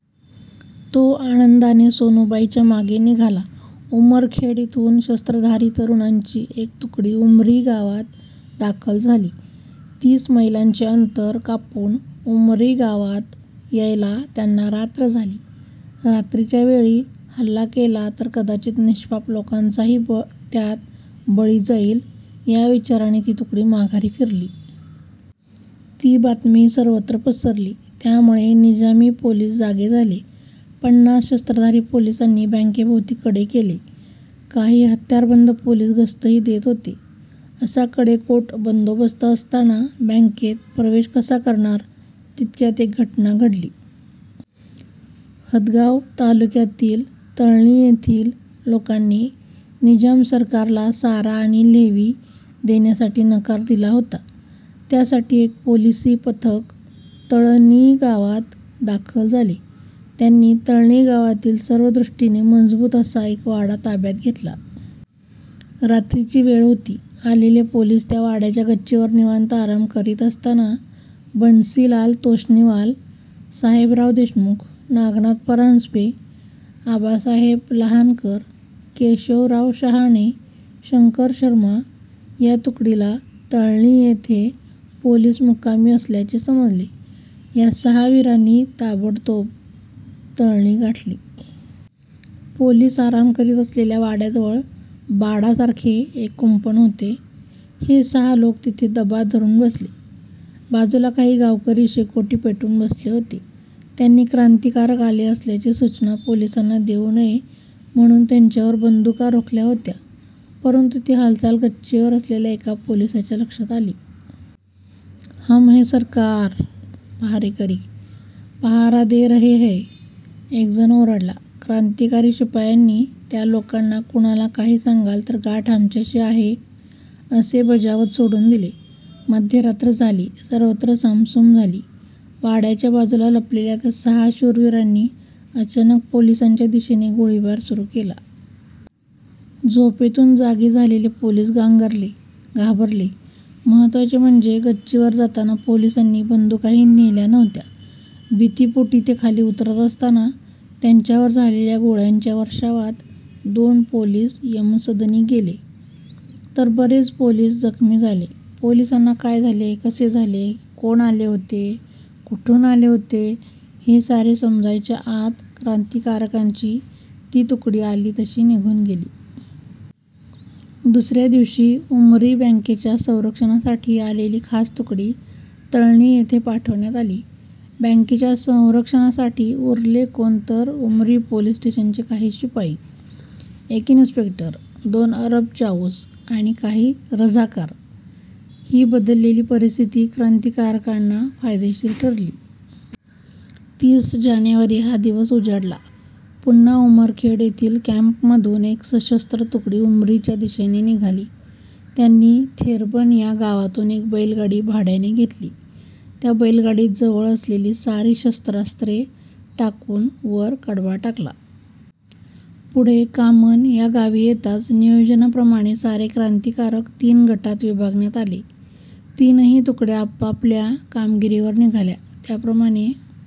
तो आनंदाने सोनूबाईच्या मागे निघाला. उमरखेड येथून शस्त्रधारी तरुणांची एक तुकडी उमरी गावात दाखल झाली. तीस मैलांचे अंतर कापून उमरी गावात यायला त्यांना रात्र झाली. रात्रीच्या वेळी हल्ला केला तर कदाचित निष्पाप लोकांचाही त्यात बळी जाईल, या विचाराने ती तुकडी माघारी फिरली. ती बातमी सर्वत्र पसरली. त्यामुळे निजामी पोलीस जागे झाले. पन्नास शस्त्रधारी पोलिसांनी बँकेभोवती कडे केले. काही हत्यारबंद पोलीस गस्तही देत होते. असा कडेकोट बंदोबस्त असताना बँकेत प्रवेश कसा करणार? तितक्यात एक घटना घडली. हदगाव तालुक्यातील तळणी येथील लोकांनी निजाम सरकारला सारा आणि लेव्ही देण्यासाठी नकार दिला होता. त्यासाठी एक पोलिसी पथक तळणी गावात दाखल झाले. त्यांनी तळणी गावातील सर्व दृष्टीने मजबूत असा एक वाडा ताब्यात घेतला. रात्रीची वेळ होती. आलेले पोलीस त्या वाड्याच्या गच्चीवर निवांत आराम करीत असताना बन्सीलाल तोष्णीवाल, साहेबराव देशमुख, नागनाथ परांजपे, आबासाहेब लहानकर, केशवराव शहाणे, शंकर शर्मा या तुकडीला तळणी येथे पोलीस मुक्कामी असल्याचे समजले. या सहा वीरांनी ताबडतोब तळणी गाठली. पोलीस आराम करीत असलेल्या वाड्याजवळ बाडासारखे एक कुंपण होते. हे सहा लोक तिथे दबा धरून बसले. बाजूला काही गावकरी शेकोटी पेटवून बसले होते. त्यांनी क्रांतिकारक आले असल्याची सूचना पोलिसांना देऊ नये म्हणून त्यांच्यावर बंदुका रोखल्या होत्या, परंतु ती हालचाल गच्चीवर असलेल्या एका पोलिसाच्या लक्षात आली. हम है सरकार, पहारेकरी! पहारा दे रहे है. एकजण ओरडला. क्रांतिकारी शिपायांनी त्या लोकांना कुणाला काही सांगाल तर गाठ आमच्याशी आहे, असे बजावत सोडून दिले. मध्यरात्र झाली. सर्वत्र सामसूम झाली. वाड्याच्या बाजूला लपलेल्या त्या सहा शूरवीरांनी अचानक पोलिसांच्या दिशेने गोळीबार सुरू केला. झोपेतून जागे झालेले पोलीस गांगरले, घाबरले. महत्त्वाचे म्हणजे गच्चीवर जाताना पोलिसांनी बंदुकाही नेल्या नव्हत्या. भीतीपोटी ते खाली उतरत असताना त्यांच्यावर झालेल्या गोळ्यांच्या वर्षावात दोन पोलीस यमसदनी गेले, तर बरेच पोलीस जखमी झाले. पोलिसांना काय झाले, कसे झाले, कोण आले होते, कुठून आले होते, हे सारे समजायच्या आत क्रांतिकारकांची ती तुकडी आली तशी निघून गेली. दुसऱ्या दिवशी उमरी बँकेच्या संरक्षणासाठी आलेली खास तुकडी तळणी येथे पाठवण्यात आली. बँकेच्या संरक्षणासाठी उरले कोण तर उमरी पोलीस स्टेशनचे काही शिपाई, एक इन्स्पेक्टर, दोन अरब चाऊस आणि काही रझाकार! ही बदललेली परिस्थिती क्रांतिकारकांना फायदेशीर ठरली. तीस जानेवारी हा दिवस उजाडला. पुन्हा उमरखेड येथील कॅम्पमधून एक सशस्त्र तुकडी उमरीच्या दिशेने निघाली. त्यांनी थेरबन या गावातून एक बैलगाडी भाड्याने घेतली. त्या बैलगाडीत जवळ असलेली सारी शस्त्रास्त्रे टाकून वर कडबा टाकला. पुढे कामन या गावी येताच नियोजनाप्रमाणे सारे क्रांतिकारक तीन गटांत विभागण्यात आले. तीनही तुकड्या आपापल्या कामगिरीवर निघाल्या. त्याप्रमाणे